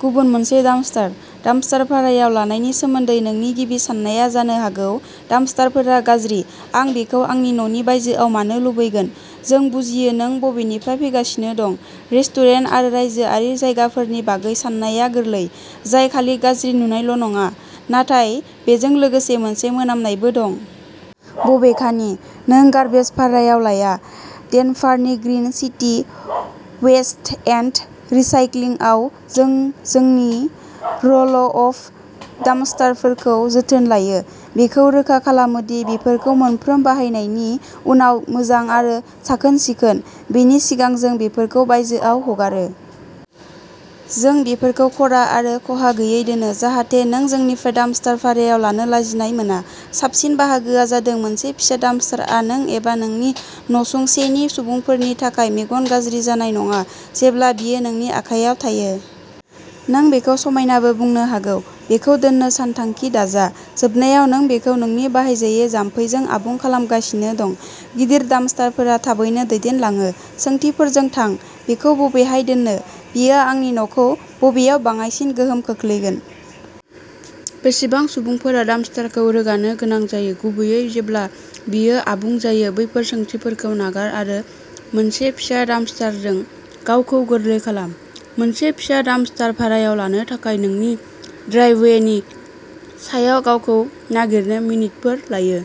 गुबुन मोनसे dumpster. Dumpster भारायाव लानायनि सोमोन्दै नोंनि गिबि साननाया जानो हागौ, डाम्पस्टारफोरा गाज्रि, आं बेखौ आंनि न'नि बायजोआव मानो लुबैगोन। जों बुजियो नों बबेनिफ्राय फैगासिनो दं। रेस्टुरेन्ट आरो रायजोआरि जायगाफोरनि बागै साननाया गोरलै, जाय खालि गाज्रि नुजानायल' नङा, नाथाय बेजों लोगोसे मोनसे मोनामनायबो दं। बबेखानि, नों गार्बेज भारायाव लाया। डेनभारनि ग्रीन सिटी वेस्ट एन्ड रिसाइक्लिंआव, जों जोंनि र'ल अफ डाम्पस्टारफोरखौ जोथोन लायो, बेखौ रोखा खालामो दि बेफोरखौ मोनफ्रोम बाहायनायनि उनाव मोजां आरो साखोन सिखोन, बेनि सिगां जों बेफोरखौ बायजोआव हगारो। जों बेफोरखौ ख'रा आरो खहा गैयै दोनो, जाहाथे नों जोंनिफ्राय डाम्पस्टार भारायाव लानो लाजिनाय मोना। साबसिन बाहागोआ जादों मोनसे फिसा डाम्पस्टारआ नों एबा नोंनि नसुंसेनि सुबुंफोरनि थाखाय मेगन गाज्रि जानाय नङा, जेब्ला बेयो नोंनि आखायाव थायो। नों बेखौ समायनाबो बुंनो हागौ। बेखौ दोननो सानथांखि दाजा, जोबनायाव नों बेखौ नोंनि बाहायजायै जामफैजों आबुं खालामगासिनो दं। गिदिर डाम्पस्टारफोरा थाबैनो दैदेनलाङो। सोंथिफोरजों थां। बेखौ बबेहाय दोननो? बेयो आंनि न'खौ बबेयाव बाङायसिन गोहोम खोख्लैगोन? बेसेबां सुबुंफोरा डाम्पस्टारखौ रोगानो गोनां जायो, गुबैयै जेब्ला बेयो आबुं जायो? बैफोर सोंथिफोरखौ नागार आरो मोनसे फिसा डाम्पस्टारजों गावखौ गोरलै खालाम। मोनसे फिसा डाम्पस्टार भारायाव लानो थाखाय नोंनि ड्राइभवेनि सायाव गावखौ नागिरनो मिनिटफोर लायो।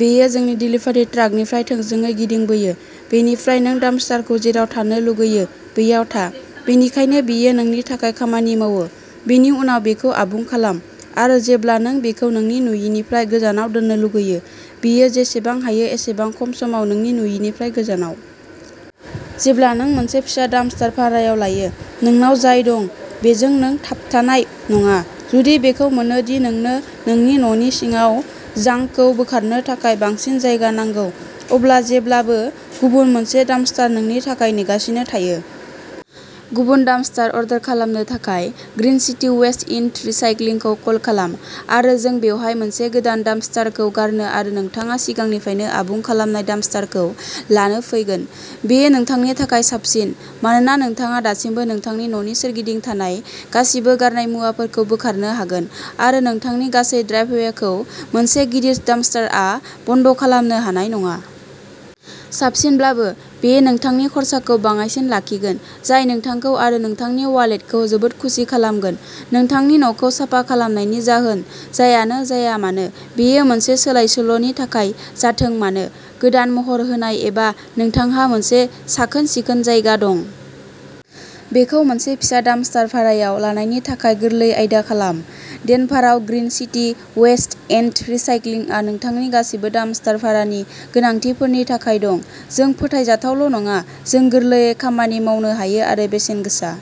बेयो जोंनि देलिभारि ट्राकनिफ्राय थोंजोङै गिदिंबोयो। बेनिफ्राय, नों डाम्पस्टारखौ जेराव थानो लुगैयो बैयाव था, बेनिखायनो बेयो नोंनि थाखाय खामानि मावो। बेनि उनाव बेखौ आबुं खालाम आरो जेब्ला नों बेखौ नोंनि नुयिनिफ्राय गोजानाव दोननो लुगैयो, बेयो जेसेबां हायो एसेबां खम समाव नोंनि नुयिनिफ्राय गोजानाव। जेब्ला नों मोनसे फिसा डाम्पस्टार भारायाव लायो, नोंनाव जाय दं बेजों नों थाबथानाय नङा। जुदि बेखौ मोनो दि नोंनो नोंनि न'नि सिङाव जांकखौ बोखारनो थाखाय बांसिन जायगा नांगौ, अब्ला जेब्लाबो गुबुन मोनसे डाम्पस्टार नोंनि थाखाय नेगासिनो थायो। गुबुन डाम्पस्टार अर्डार खालामनो थाखाय ग्रीन सिटी वेस्ट एन्ड रिसाइक्लिंखौ कल खालाम आरो जों बेवहाय मोनसे गोदान डाम्पस्टारखौ गारनो आरो नोंथाङा सिगांनिफ्रायनो आबुं खालामनाय डाम्पस्टारखौ लानो फैगोन। बेयो नोंथांनि थाखाय साबसिन, मानोना नोंथाङा दासिमबो नोंथांनि न'नि सोरगिदिं थानाय गासिबो गारनाय मुवाफोरखौ बोखारनो हागोन आरो नोंथांनि गासै ड्राइभवेखौ मोनसे गिदिर डाम्पस्टारआ बन्द' खालामनो हानाय नङा। साबसिनब्लाबो, बेयो नोंथांनि खरसाखौ बाङाइसिन लाखिगोन, जाय नोंथांखौ आरो नोंथांनि वालेटखौ जोबोद खुसि खालामगोन। नोंथांनि न'खौ साफा खालामनायनि जाहोन जायानो जाया मानो बेयो मोनसे सोलायसोल'नि थाखाय जाथों मानो, गोदान महर होनाय एबा नोंथांहा मोनसे साखोन सिखोन जायगा दं। बेखौ मोनसे फिसा डाम्पस्टार भारायाव लानायनि थाखाय गोरलै आयदा खालाम। डेनभाराव ग्रीन सिटी वेस्ट एन्ड रिसाइक्लिंआ नोंथांनि गासिबो डाम्पस्टार भारानि गोनांथिफोरनि थाखाय दं। जों फोथायजाथावल' नङा, जों गोरलैयै खामानि मावनो हायो आरो बेसेनगोसा।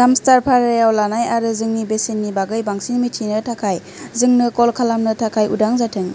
डाम्पस्टार भारायाव लानाय आरो जोंनि बेसेननि बागै बांसिन मिथिनो थाखाय, जोंनो कल खालामनो थाखाय उदां जाथों।